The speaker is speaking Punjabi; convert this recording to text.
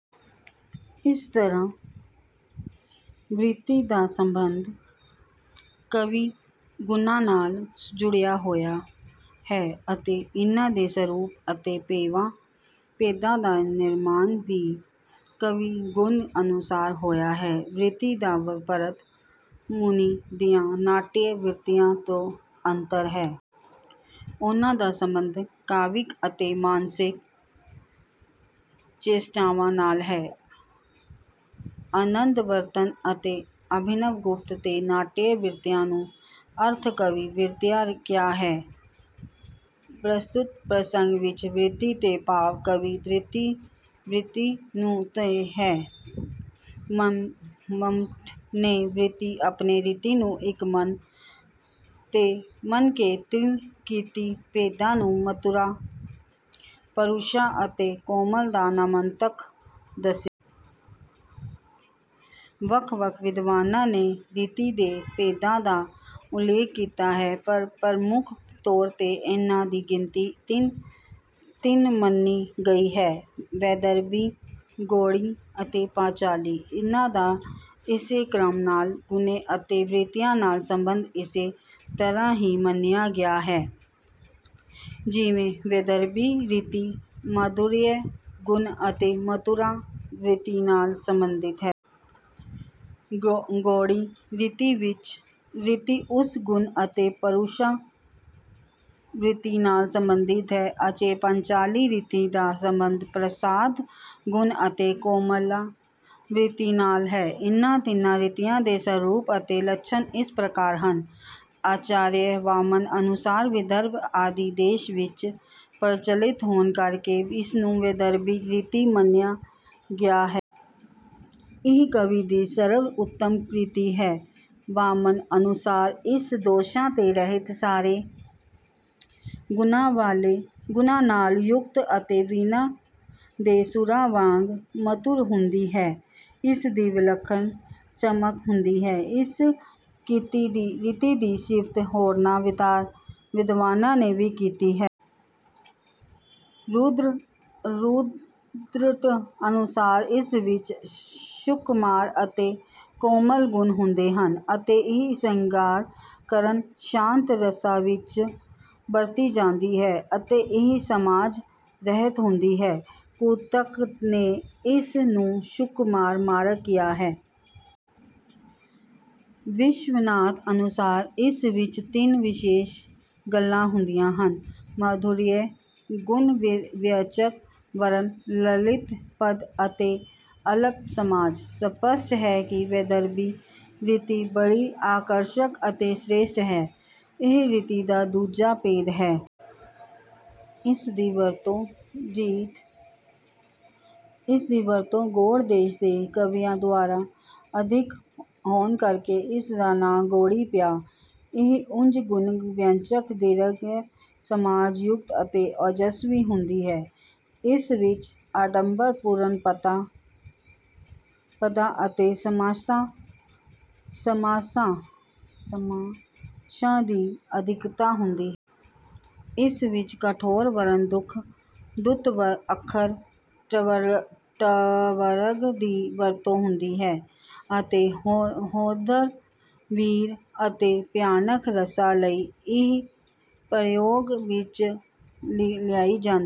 ਇਸ ਤਰ੍ਹਾਂ ਵ੍ਰਿਤੀ ਦਾ ਸਬੰਧ ਕਾਵਿ-ਗੁਣਾਂ ਨਾਲ ਜੁੜਿਆ ਹੋਇਆ ਹੈ ਅਤੇ ਇਨ੍ਹਾਂ ਦੇ ਸਰੂਪ ਅਤੇ ਭੇਦਾਂ ਦਾ ਨਿਰਮਾਣ ਵੀ ਕਾਵਿ-ਗੁਣ ਅਨੁਸਾਰ ਹੋਇਆ ਹੈ। ਵ੍ਰਿਤੀ ਦਾ ਭਰਤ ਮੁਨੀ ਦੀਆਂ ਨਾਟਯ ਵ੍ਰਿਤੀਆਂ ਤੋਂ ਅੰਤਰ ਹੈ। ਉਨ੍ਹਾਂ ਦਾ ਸਬੰਧ ਕਾਵਿਕ ਅਤੇ ਮਾਨਸਿਕ ਚੇਸ਼ਟਾਵਾਂ ਨਾਲ ਹੈ। ਆਨੰਦਵਰਧਨ ਅਤੇ ਅਭਿਨਵਗੁਪਤ ਨੇ ਨਾਟਯ ਵ੍ਰਿਤੀਆਂ ਨੂੰ ਅਰਥ-ਕਾਵਿ ਵ੍ਰਿਤੀਆਂ ਕਿਹਾ ਹੈ। ਪ੍ਰਸਤੁਤ ਪ੍ਰਸੰਗ ਵਿੱਚ ਵ੍ਰਿਤੀ ਤੋਂ ਭਾਵ ਕਾਵਿ-ਵ੍ਰਿਤੀ ਤੋਂ ਹੈ। ਮੰਮਟ ਨੇ ਵ੍ਰਿਤੀ ਅਤੇ ਰੀਤੀ ਨੂੰ ਇੱਕ ਮੰਨ ਕੇ ਤਿੰਨ ਰੀਤੀ ਭੇਦਾਂ ਨੂੰ ਮਧੁਰਾ, ਪਰੂਸ਼ਾ ਅਤੇ ਕੋਮਲਾ ਦਾ ਨਾਮਾਂਤਰ ਦੱਸਿਆ ਹੈ। ਵੱਖ-ਵੱਖ ਵਿਦਵਾਨਾਂ ਨੇ ਰੀਤੀ ਦੇ ਭੇਦਾਂ ਦਾ ਉਲੇਖ ਕੀਤਾ ਹੈ, ਪਰ ਪ੍ਰਮੁੱਖ ਤੌਰ 'ਤੇ ਇਨ੍ਹਾਂ ਦੀ ਗਿਣਤੀ ਤਿੰਨ ਮੰਨੀ ਗਈ ਹੈ - ਵੈਦਰਭੀ, ਗੌੜੀ ਅਤੇ ਪਾਂਚਾਲੀ। ਇਨ੍ਹਾਂ ਦਾ ਇਸੇ ਕ੍ਰਮ ਨਾਲ ਗੁਣਾਂ ਅਤੇ ਵ੍ਰਿਤੀਆਂ ਨਾਲ ਸਬੰਧ ਇਸੇ ਤਰ੍ਹਾਂ ਹੀ ਮੰਨਿਆ ਗਿਆ ਹੈ, ਜਿਵੇਂ ਵੈਦਰਭੀ ਰੀਤੀ ਮਾਧੁਰਯ ਗੁਣ ਅਤੇ ਮਧੁਰਾ ਵ੍ਰਿਤੀ ਨਾਲ ਸਬੰਧਿਤ ਹੈ। ਗੌੜੀ ਰੀਤੀ ਓਜ ਗੁਣ ਅਤੇ ਪਰੂਸ਼ਾ ਵ੍ਰਿਤੀ ਨਾਲ ਸਬੰਧਿਤ ਹੈ। ਅਤੇ ਪਾਂਚਾਲੀ ਰੀਤੀ ਦਾ ਸਬੰਧ ਪ੍ਰਸਾਦ ਗੁਣ ਅਤੇ ਕੋਮਲਾ ਵ੍ਰਿਤੀ ਨਾਲ ਹੈ। ਇਨ੍ਹਾਂ ਤਿੰਨਾਂ ਰੀਤੀਆਂ ਦੇ ਸਰੂਪ ਅਤੇ ਲੱਛਣ ਇਸ ਪ੍ਰਕਾਰ ਹਨ - ਆਚਾਰਯ ਵਾਮਨ ਅਨੁਸਾਰ ਵਿਦਰਭ ਆਦਿ ਦੇਸ਼ਾਂ ਵਿੱਚ ਪ੍ਰਚਲਿਤ ਹੋਣ ਕਰਕੇ ਇਸਨੂੰ ਵੈਦਰਭੀ ਰੀਤੀ ਮੰਨਿਆ ਗਿਆ ਹੈ। ਇਹ ਕਾਵਿ ਦੀ ਸਰਵ-ਉੱਤਮ ਰੀਤੀ ਹੈ। ਵਾਮਨ ਅਨੁਸਾਰ ਇਹ ਦੋਸ਼ਾਂ ਤੋਂ ਰਹਿਤ, ਸਾਰੇ ਗੁਣਾਂ ਨਾਲ ਯੁਕਤ ਅਤੇ ਵੀਣਾ ਦੇ ਸੁਰਾਂ ਵਾਂਗ ਮਧੁਰ ਹੁੰਦੀ ਹੈ। ਇਸ ਦੀ ਵਿਲੱਖਣ ਚਮਕ ਹੁੰਦੀ ਹੈ। ਇਸ ਰੀਤੀ ਦੀ ਸਿਫਤ ਹੋਰਨਾਂ ਵਿਦਵਾਨਾਂ ਨੇ ਵੀ ਕੀਤੀ ਹੈ। ਰੁਦ੍ਰਟ ਅਨੁਸਾਰ ਇਸ ਵਿੱਚ ਸੁਕੁਮਾਰ ਅਤੇ ਕੋਮਲ ਗੁਣ ਹੁੰਦੇ ਹਨ। ਅਤੇ ਇਹ ਸ਼ਿੰਗਾਰ, ਕਰੁਣ, ਸ਼ਾਂਤ ਰਸਾਂ ਵਿੱਚ ਵਰਤੀ ਜਾਂਦੀ ਹੈ ਅਤੇ ਇਹ ਸਮਾਸ-ਰਹਿਤ ਹੁੰਦੀ ਹੈ। ਕੁੰਤਕ ਨੇ ਇਸ ਨੂੰ ਸੁਕੁਮਾਰ ਮਾਰਗ ਕਿਹਾ ਹੈ। ਵਿਸ਼ਵਨਾਥ ਅਨੁਸਾਰ ਇਸ ਵਿੱਚ ਤਿੰਨ ਵਿਸ਼ੇਸ਼ ਗੱਲਾਂ ਹੁੰਦੀਆਂ ਹਨ - ਮਾਧੁਰਯ ਗੁਣ-ਵਿਅੰਜਕ ਵਰਣ, ਲਲਿਤ ਪਦ ਅਤੇ ਅਲਪ ਸਮਾਸ। ਸਪੱਸ਼ਟ ਹੈ ਕਿ ਵੈਦਰਭੀ ਰੀਤੀ ਬੜੀ ਆਕਰਸ਼ਕ ਅਤੇ ਸ੍ਰੇਸ਼ਟ ਹੈ। ਇਹ ਰੀਤੀ ਦਾ ਦੂਜਾ ਭੇਦ ਹੈ। ਇਸ ਦੀ ਵਰਤੋਂ ਗੌੜ ਦੇਸ਼ ਦੇ ਕਵੀਆਂ ਦੁਆਰਾ ਅਧਿਕ ਹੋਣ ਕਰਕੇ ਇਸ ਦਾ ਨਾਂ ਗੌੜੀ ਪਿਆ ਹੈ। ਇਹ ਓਜ ਗੁਣ-ਵਿਅੰਜਕ, ਦੀਰਘ ਸਮਾਸ-ਯੁਕਤ ਅਤੇ ਔਜਸਵੀ ਹੁੰਦੀ ਹੈ। ਇਸ ਵਿੱਚ ਆਡੰਬਰ-ਪੂਰਨ ਪਦਾਂ ਅਤੇ ਸਮਾਸਾਂ ਦੀ ਅਧਿਕਤਾ ਹੁੰਦੀ ਹੈ। ਇਸ ਵਿੱਚ ਕਠੋਰ ਵਰਣ, ਦੁੱਤ ਅੱਖਰ, ਟਵਰਗ ਦੀ ਵਰਤੋਂ ਹੁੰਦੀ ਹੈ ਅਤੇ ਰੌਦਰ, ਵੀਰ ਅਤੇ ਭਿਆਨਕ ਰਸਾਂ ਲਈ ਇਹ ਪ੍ਰਯੋਗ ਵਿੱਚ ਲਿਆਈ ਜਾਂਦੀ ਹੈ।